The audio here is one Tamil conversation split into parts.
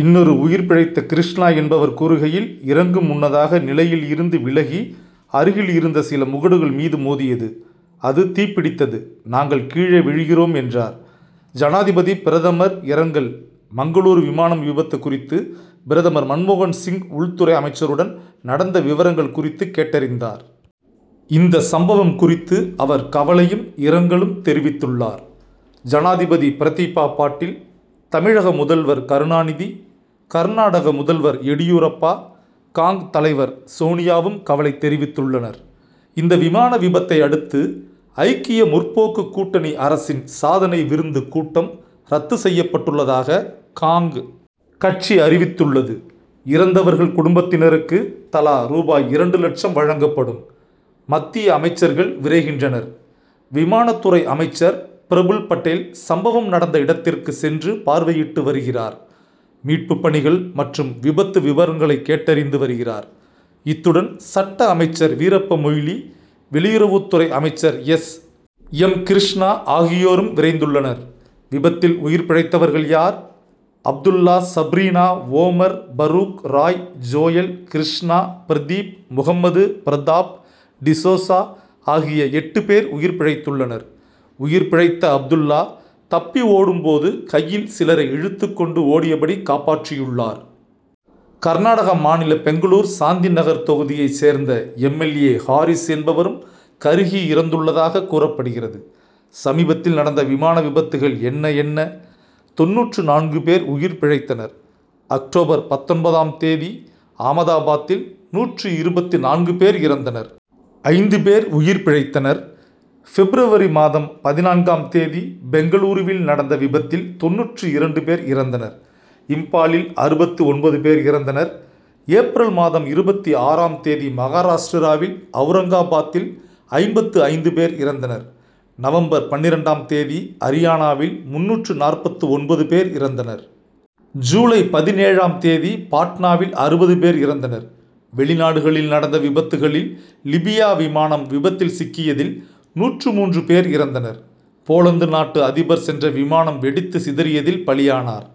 இன்னொரு உயிர்பிழைத்த கிருஷ்ணா என்பவர் கூறுகையில் இறங்கும் முன்னதாக நிலையில் இருந்து விலகி அருகில் இருந்த சில முகடுகள் மீது மோதியது. அது தீப்பிடித்தது. நாங்கள் கீழே விழுகிறோம் என்றார். ஜனாதிபதி பிரதமர் இரங்கல் மங்களூரு விமானம் விபத்து குறித்து பிரதமர் மன்மோகன்சிங் உள்துறை அமைச்சருடன் நடந்த விவரங்கள் குறித்து கேட்டறிந்தார். இந்த சம்பவம் குறித்து அவர் கவலையும் இரங்கலும் தெரிவித்துள்ளார். ஜனாதிபதி பிரதீபா பாட்டில் தமிழக முதல்வர் கருணாநிதி கர்நாடக முதல்வர் எடியூரப்பா காங். தலைவர் சோனியாவும் கவலை தெரிவித்துள்ளனர். இந்த விமான விபத்தை அடுத்து ஐக்கிய முற்போக்கு கூட்டணி அரசின் சாதனை விருந்து கூட்டம் ரத்து செய்யப்பட்டுள்ளதாக காங். கட்சி அறிவித்துள்ளது. இறந்தவர்கள் குடும்பத்தினருக்கு தலா ரூபாய் இரண்டு லட்சம் வழங்கப்படும். மத்திய அமைச்சர்கள் விரைகின்றனர். விமான துறை அமைச்சர் பிரபுல் பட்டேல் சம்பவம் நடந்த இடத்திற்கு சென்று பார்வையிட்டு வருகிறார். மீட்பு பணிகள் மற்றும் விபத்து விவரங்களை கேட்டறிந்து வருகிறார். இத்துடன் சட்ட அமைச்சர் வீரப்ப மொய்லி வெளியுறவுத்துறை அமைச்சர் எஸ். எம். கிருஷ்ணா ஆகியோரும் விரைந்துள்ளனர். விபத்தில் உயிர் பிழைத்தவர்கள் யார்? அப்துல்லா சப்ரீனா ஒமர் பரூக் ராய் ஜோயல் கிருஷ்ணா பிரதீப் முகமது பிரதாப் டிசோசா ஆகிய எட்டு பேர் உயிர் பிழைத்துள்ளனர். உயிர் பிழைத்த அப்துல்லா தப்பி ஓடும்போது கையில் சிலரை இழுத்துக்கொண்டு ஓடியபடி காப்பாற்றியுள்ளார். கர்நாடக மாநில பெங்களூர் சாந்திநகர் தொகுதியை சேர்ந்த எம். எல். ஏ. ஹாரிஸ் என்பவரும் கருகி இறந்துள்ளதாக கூறப்படுகிறது. சமீபத்தில் நடந்த விமான விபத்துகள் என்ன? என்ன? தொண்ணூற்று நான்கு பேர் உயிர் பிழைத்தனர். அக்டோபர் பத்தொன்பதாம் தேதி ஆமதாபாத்தில் நூற்று இருபத்து நான்கு பேர் இறந்தனர். ஐந்து பேர் உயிர் பிழைத்தனர். பிப்ரவரி மாதம் பதினான்காம் தேதி பெங்களூருவில் நடந்த விபத்தில் தொண்ணூற்று இரண்டு பேர் இறந்தனர். இம்பாலில் அறுபத்து ஒன்பது பேர் இறந்தனர். ஏப்ரல் மாதம் இருபத்தி ஆறாம் தேதி மகாராஷ்டிராவில் அவுரங்காபாத்தில் ஐம்பத்து ஐந்து பேர் இறந்தனர். நவம்பர் பன்னிரண்டாம் தேதி அரியானாவில் முன்னூற்று நாற்பத்து ஒன்பது பேர் இறந்தனர். ஜூலை பதினேழாம் தேதி பாட்னாவில் அறுபது பேர் இறந்தனர். வெளிநாடுகளில் நடந்த விபத்துகளில் லிபியா விமானம் விபத்தில் சிக்கியதில் நூற்று மூன்று பேர் இறந்தனர். போலந்து நாட்டு அதிபர் சென்ற விமானம் வெடித்து சிதறியதில் பலியானார்.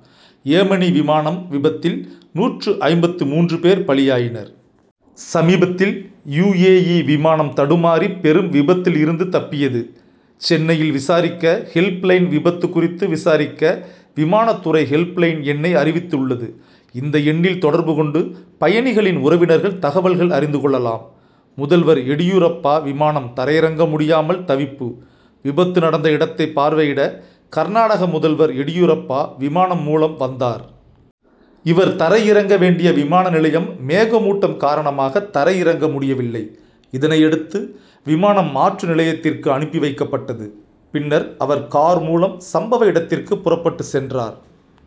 ஏமனி விமானம் விபத்தில் நூற்று ஐம்பத்து மூன்று பேர் பலியாயினர். சமீபத்தில் யு. ஏ. இ. விமானம் தடுமாறி பெரும் விபத்தில் இருந்து தப்பியது. சென்னையில் விசாரிக்க ஹெல்ப் லைன் விபத்து குறித்து விசாரிக்க விமான துறை ஹெல்ப்லைன் எண்ணை அறிவித்துள்ளது. இந்த எண்ணில் தொடர்பு கொண்டு பயணிகளின் உறவினர்கள் தகவல்கள் அறிந்து கொள்ளலாம். முதல்வர் எடியூரப்பா விமானம் தரையிறங்க முடியாமல் தவிப்பு விபத்து நடந்த இடத்தை பார்வையிட கர்நாடக முதல்வர் எடியூரப்பா விமானம் மூலம் வந்தார். இவர் தரை இறங்க வேண்டிய விமான நிலையம் மேகமூட்டம் காரணமாக தரையிறங்க முடியவில்லை. இதனையடுத்து விமானம் மாற்று நிலையத்திற்கு அனுப்பி வைக்கப்பட்டது. பின்னர் அவர் கார் மூலம் சம்பவ இடத்திற்கு புறப்பட்டு சென்றார்.